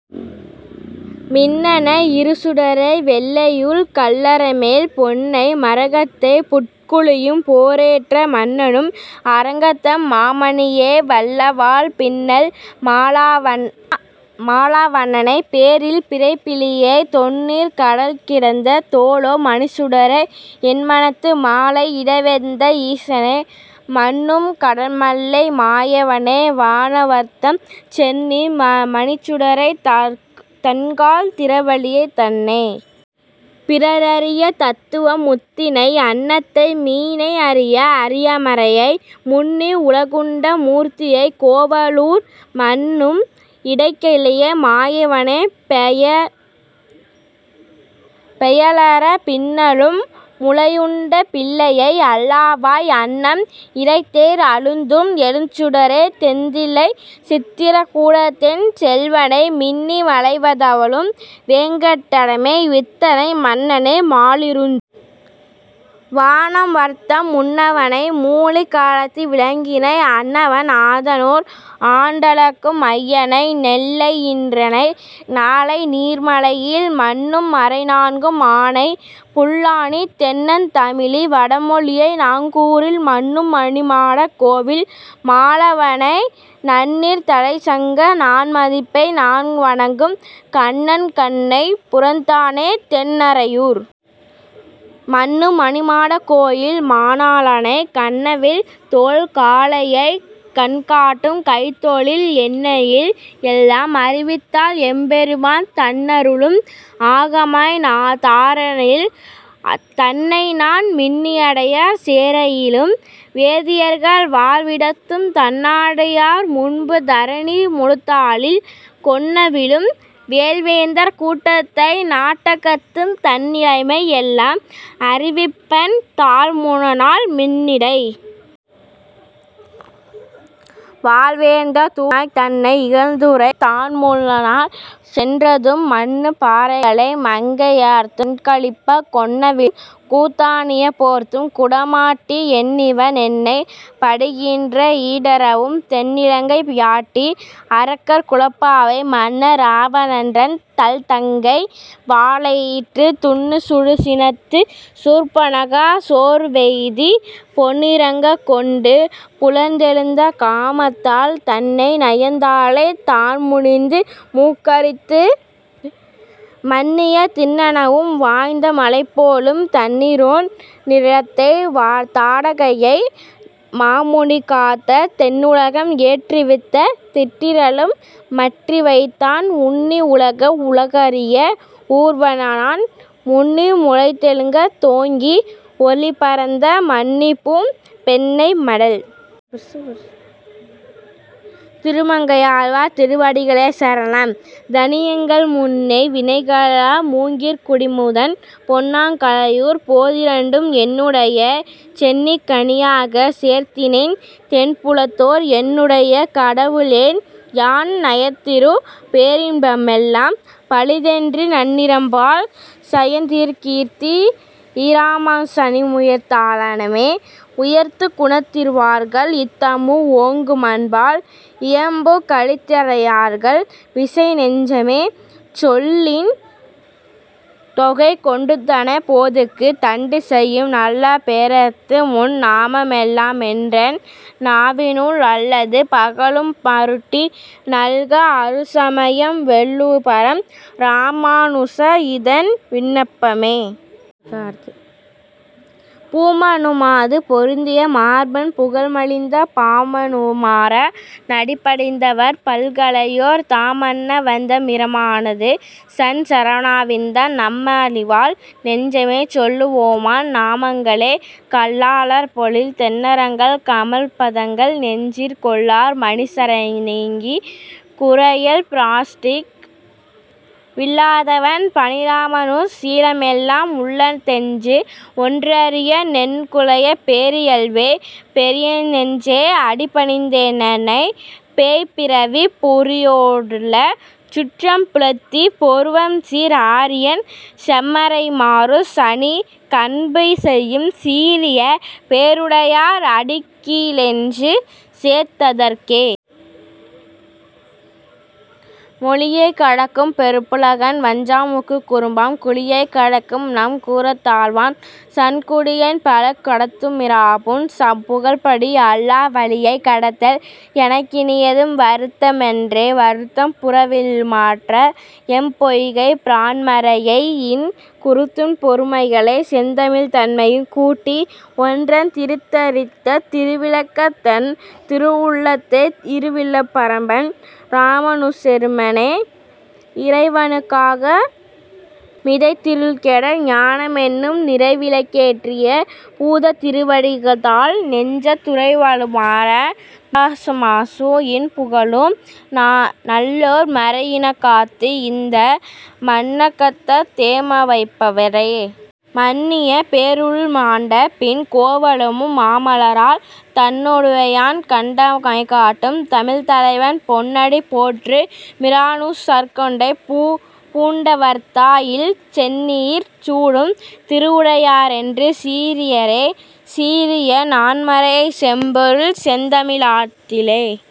மின்னை இருசுடரை வெள்ளறையுள் கல்லறைமேல் பொன்னை, மரகத்தைப் புட்குழியெம் போரேற்றை, மன்னும் அரங்கத்தெம் மாமணியை, வல்லவாழ் பின்னை மணாளனை பேரில் பிறப்பிலியை, தொன்னீர்க் கடல்கிடந்த தோளா மணிச்சுடரை, என்மனத்து மாலை இடவெந்தை ஈசனை, மன்னும் கடன்மல்லை மாயவனை, வானவர்தம் சென்னி மணிச்சுடரைத் தண்கால் திறல்வலியை, தன்னைப் பிறரறியாத் தத்துவத்தை முத்தினை, அன்னத்தை மீனை அரியை அருமறையை, முன்னிவ் வுலகுண்ட மூர்த்தியுயை, கோவலூர் மன்னும் இடைகழியெம் மாயவனை, பேயலறப், பின்னும் முலையுண்ட பிள்ளையை, அள்ளல்வாய் அன்னம் இரைதேர் அழுந்தூர் எழும்சுடரை, தெந்தில்லைச் சித்திர கூடத்தென் செல்வனை, மின்னி மழைதவழும் வேங்கடத்தெம் வித்தகனை, மன்னனை மாலிருஞ் வானவர்த்தம் முன்னவனை மூழிக் களத்து விளக்கினை, அன்னவன் ஆதனூர் ஆண்டளக்கும் ஐயனை, நென்னலை யின்றினை நாளையை, நீர்மலைமேல் மன்னும் மறைநான்கும் ஆனானை, புல்லாணித் தென்னன் தமிழி வடமொழியை, நாங்கூரில் மன்னும் மணிமாடக் கோயில் மணாளனை, நன்னீர்த் தலைச்சங்க நான்மதியை, நான்வணங்கும் கண்ணனைக் கண்ண புரத்தானை, தென்னறையூர் மன்னும் மணிமாடக் கோயில் மணாளனை, கன்னவில்தோள் காளையைக் கண்டாங்குக் கைதொழுது என்னிலைமை யெல்லாம் அறிவித்தால் எம்பெருமான், தன்னருளும் ஆகமும் தாரானேல், தன்னைநான் மின்னிடையார் சேரியிலும் வேதியர்க்கள் வாழ்விடத்தும், தன்னடியார் முன்பும் தரணி முழுதாளும், கொன்னவிலும் வேல்வேந்தர் கூட்டத்தும் நாட்டகத்தும் தன்னிலைமை யெல்லாம் அறிவிப்பன், தான்முனநாள் மின்னிடை வாழ்வேந்தர் தூதனாய், தன்னை யிகழ்ந்துரைப்பத் தான்முனநாள் சென்றதுவும், மன்னு பறைகறங்க மங்கையர்த்தம் கண்களிப்ப, கொன்னவிலும் கூத்தனாய்ப் பேர்த்தும் குடமாடி, என்னிவ னென்னப் படுகின்ற ஈடறவும், தென்னிலங்கை யாட்டி அரக்கர் குலப்பாவை, மன்னன் இராவணன்றன் நல்தங்கை, வாளெயிற்றுத் துன்னு சுடுசினத்துச் சூர்ப்பணகா சோர்வெய்தி, பொன்னிறங் கொண்டு புலர்ந்தெழுந்த காமத்தால், தன்னை நயந்தாளைத் தான்முனிந்து மூக்கரிந்து, மன்னிய திண்ணெனவும்-வாய்த்த மலைபோலும், தன்னிகரொன் றில்லாத தாடகையை, மாமுனிக்காகத் தென்னுலகம் ஏற்றுவித்த திண்டிறலும்-மற்றிவைதான் உன்னி யுலவா வுலகறிய வூர்வன்நான், முன்னி முளைத்தெழுந் தோங்கி யொளிபரந்த, மன்னியம்பூம் பெண்ணை மடல். திருமங்கையாழ்வார் திருவடிகளே சரணம். தனியன்கள் முன்னை வினையகல மூங்கிற்குடியமுதன் பொன்னங்கழற்கமலப் போதிரண்டும் என்னுடைய சென்னிக்கணியாகச் சேர்த்தினேன் தென்புலத்தார்க்கு என்னுக்கடவுடையேன் யான். நயந்தரு பேரின்பமெல்லாம் பழுதென்று நண்ணினர்பால் சயந்தருகீர்த்தி யிராமாங்சமுனிதாளிணைமேல் உயர்ந்தகுணத்துத்திருவரங்கத்தமுது ஓங்குமன்பால் இயம்பும் கலித்துறையந்தாதியோத விசைநெஞ்சமே. சொல்லின் தொகை கொண்டுனதடிப் போதுக்குத் தொண்டு செய்யும் நல்லன்பரேத்து முன் நாமமெல்லாமென்றன் நாவினுள்ளே அல்லும் பகலும்மரும்படி நல்கு அறுசமயம் வெல்லும்பரம் இராமாநுச இதென் விண்ணப்பமே. பூமன்னுமாது பொருந்திய மார்பன் புகழ்மலிந்த பாமன்னுமாற னடிபணிந்துய்ந்தவன் பல்கலையோர் தாம்மன்னவந்தவிராமாது சன் சரணாரவிந்தம் நாம்மன்னிவாழ நெஞ்சே சொல்லுவோமவன் நாமங்களே. கள்ளார் பொழில் தென்னரங்கன் கமலப்பதங்கள் நெஞ்சிற் கொள்ளாமனிசரைநீங்கி குறையல்பிரானடிக்கீழ் விள்ளாதவன் பனிராமாநுசன்மிக்க சீலமல்லால் உள்ளாதென்னெஞ்சு ஒன்றறியேனெனக்குற்றபேரியல்வே.. பேரியல்நெஞ்சே அடிபணிந்தேனுன்னை பேய்ப்பிறவிப் பூரியரோடுள்ள சுற்றம் புலத்தி பொருவரும்சீர் ஆரியன் செம்மையிராமாநுசமுனிக் கன்பு செய்யும் சீரிய பேறுடையார் அடிக்கீழென்னைச் சேர்த்ததற்கே.. மொழியைக் கடக்கும் பெரும்புகழான் வஞ்சமுக்குறும்பாம் குழியைக் கடக்கும் நம் கூரத்தாழ்வான் சரண் கூடியபின் பழியைக் கடத்துமிராமாநுசன் புகழ்பாடி அல்லா வழியைக் கடத்தல் எனக்கினியாதும் வருத்தமன்றே.. வருத்தும் புறவிருள்மாற்ற எம்பொய்கைப்பிரான்மறையின் குருத்தின் பொருளையும் செந்தமிழ்தன்னையும் கூட்டி ஒன்றத் திரித்தன்றெரித்த திருவிளக்கைத் தன் திருவுள்ளத்தே யிருத்தும்பரமன் இராமாநுசனெம்மிறையவனே.. இறைவனைக்காணு மிதயத்திருள்கெட ஞானமென்னும் நிறைவிளக்கேற்றிய பூதத்திருவடிதாள்கள் நெஞ்சத் துறையவைத்தாளுமிராமாநுசன்புகழோதும் நல்லோர் மறையினைக்காத்து இந்த மண்ணகத்தேமன்னவைப்பவரே.. மன்னிய பேரிருள்மாண்ட பின் கோவலுள் மாமலராள் தன்னொடுமாயனைக் கண்டமைகாட்டும் தமிழ்த்தலைவன் பொன்னடி போற்று மிராமாநுசற்கன்புபூண்டவர்தாள் சென்னியிற் சூடும் திருவுடையாரென்றும் சீரியரே.. சீரிய நான்மறைச் செம்பொருள் செந்தமிழாலளித்த।